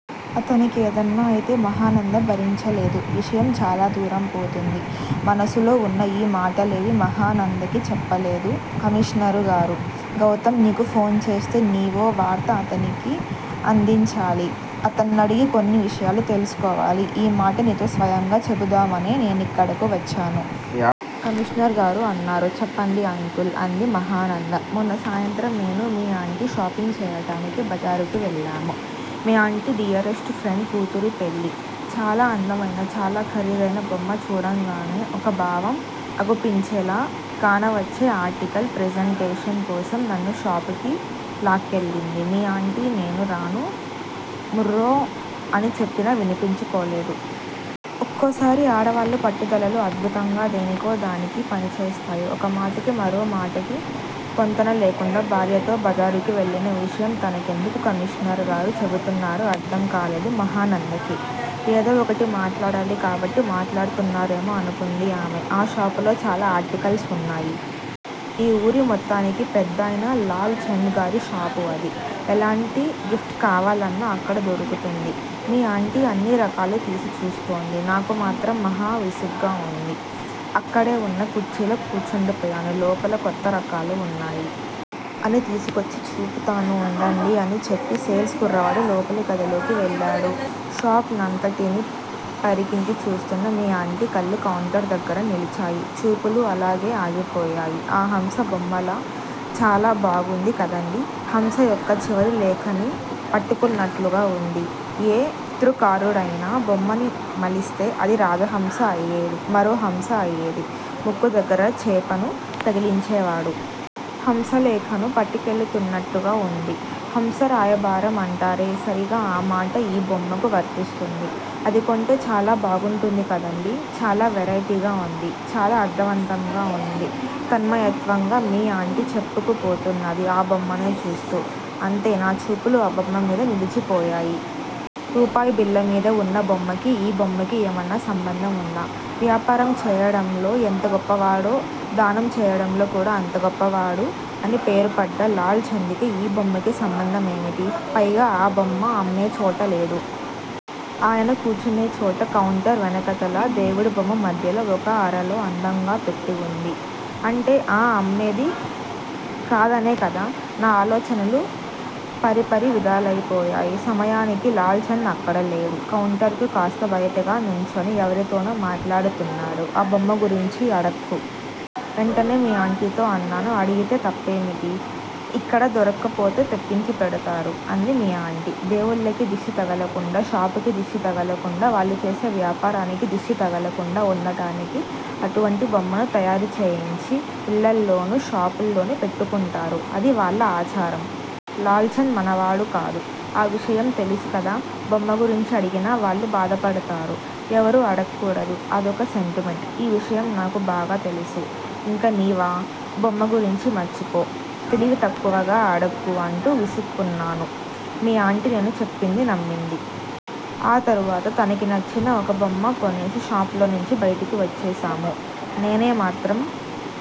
అతని కేదన్నా అయితే మహానంద భరించలేదు. విషయం చాలాదూరం పోతుంది. మనసులో వున్న ఈ మాటలేవీ మహానందకి చెప్పలేదు కమిషనరుగారు. గౌతం నీకు ఫోనుచేస్తే నీవో వార్త అతనికి అందించాలి. అతన్నడిగి కొన్ని విషయాలు తెలుసుకోవాలి. ఈ మాట నీతో స్వయంగా చెబుదామనే నేనిక్కడకు వచ్చాను. కమిషనరుగారు అన్నారు. చెప్పండి అంకుల్ అంది మహానంద. మొన్న సాయంత్రం నేను మీ అంటి షాపింగ్చెయ్యటానికి బజారుకి వెళ్ళాము. మీ అంటి డియరెస్ట్ ఫ్రెండ్ కూతురి పెళ్ళి. చాలా అందమైన, చాలా ఖరీదైన బొమ్మ చూడంగానే ఒక భావం అగుపించేలా కానవచ్చే అర్టికల్ ప్రెజెంటేషన్ కోసం నన్ను షాపుకి లాక్కెళ్ళింది మీ అంటి నేను రాను ముర్రో అని చెప్పినా వినిపించుకోలేదు. ఒక్కోసారి ఆడవాళ్ళ పట్టుదలలు అద్బుతంగా దేనికో దానికి పనిచేస్తాయి ఒక మాటకి మరో మాటకి పొంతన లేకుండా భార్యతో బజారుకి వెళ్ళిన విషయం తనకెందుకు కమిషనరుగారు చెబుతున్నారో అర్ధం కాలేదు మహానందకి, ఏదో ఒకటి మాట్లాడాలి కాబట్టి మాట్లాడుతున్నారేమో అనుకుంది ఆమె. ఆ షాపులో చాలా అర్టికల్స్ వున్నాయి. ఈ ఊరి మొత్తానికి పెద్దదైనా లాల్ చాంద్ గారి షాపు అది. ఎలాంటి గిఫ్ట్ కావాలన్నా అక్కడ దొరుకుతుంది. మీ అంటి అన్ని రకాలు తీసి చూస్తోంది. నాకు మాత్రం మహా విసుగ్గా వుండి అక్కడే వున్న కుర్చీలో కూర్చుండిపోయాను. లోపల కొత్త రకాలు వున్నాయి. అని తీసుకొచ్చి చూపుతాను ఉండండి అని చెప్పి సేల్స్ కుర్రవాడు లోపలి గదిలోకి వెళ్ళాడు. షాప్ నంతటిని పరికించి చూస్తున్న మీ అంటి కళ్ళు కౌంటర్ దగ్గిర నిలిచాయి. చూపులు అలానే ఆగిపోయాయి. ఆ హంస బొమ్మ చాలా బాగుంది కదండీ. హంస యెక్కు చివర లేఖని పట్టుకున్నట్లుగా వుంది, ఏ త్రుకారుడయినా బొమ్మని మలిస్తే అది రాజహంస అయేది మరో హంస అయేది ముక్కుదగ్గర చేపను తగిలించేవాడు. హంసలేఖను పట్టుకెళుతున్నట్టుగా వుంది. హంసరాయభారం అంటారే సరీగా ఆ మాట ఈ బొమ్మకు వర్తిస్తుంది. అది కొంటె చాలా బాగుంటుంది కదండీ. చాలా వెరయిటిగా వుంది. చాలా అర్ధవంతంగా వుంది తన్మయత్వంగా మీ అంటి చెప్పుకుపోతున్నది ఆ బొమ్మనే చూస్తూ. అంతే నా చూపులు ఆ బొమ్మమిద నిలిచిపోయాయి. రూపాయి బిళ్ళ మీద వున్న బొమ్మకి, ఈ బొమ్మకి ఏమన్నా సంబంధం వుందా? వ్యాపారం చేయడంలో ఎంత గొప్పవాడో దానం చెయ్యడంలో కూడా అంత గొప్పవాడు అని పేరుపడ్డ లాల్ చంద్ కి, ఈ బొమ్మకి సంబంధం ఏమిటి? పైగా ఆ బొమ్మ అమ్మేచోట లేదు. అయన కూర్చునేచోట కౌంటర్ వెనకాతల దేవుడిబొమ్మ మధ్యలో ఒక అరలో అందంగా పెట్టి వుంది. అంటే అది అమ్మేది కాదనేకదా! నా ఆలోచనలు పరిపరి విధాలపోయాయి. సమయానికి లాల్ చంద్ అక్కడ లేడు. కౌంటరుకి కాస్త బయటగా నుంచొని ఎవరితోనో మాట్లాడుతున్నాడు. ఆ బొమ్మగురించి అడక్కు. వెంటనే మీ అంటితో అన్నాను. అడిగితే తప్పేమిటి? ఇక్కడ దొరక్కపోతే తెప్పించిపెడతారు. అంది మీ అంటి. దేవుళ్ళకి దిష్టి తగలకుండా షాపుకి దిష్టి తగలకుండా వాళ్ళు చేసే వ్యాపారానికి దిష్టి తగలకుండా వుండటానికి అటువంటి బొమ్మను తయారు చేయించి యిళ్ళల్లోనూ, షాపుల్లోనూ పెట్టుకుంటారు. అది వాళ్ళ ఆచారం. లాల్ చంద్ మనవాడు కాదు. ఆ విషయం తెలుసుకదా. బొమ్మ గురించి అడిగినా వాళ్ళు భాధపడతారు. ఎవరూ అడక్కూడదు. అదొక సెంటిమెంట్. ఈ విషయం నాకు బాగా తెలుసు. ఇంక నీవా బొమ్మ గురించి మర్చిపో, తెలివితక్కువగా అడక్కు, అంటూ విసుక్కున్నాను. మీ అంటి నేను చెప్పింది నమ్మింది. ఆ తరువాత తనకి నచ్చిన ఒక బొమ్మ కొనేసి షాపులోంచి బయటికి వచ్చేశాము. నేనేమాత్రం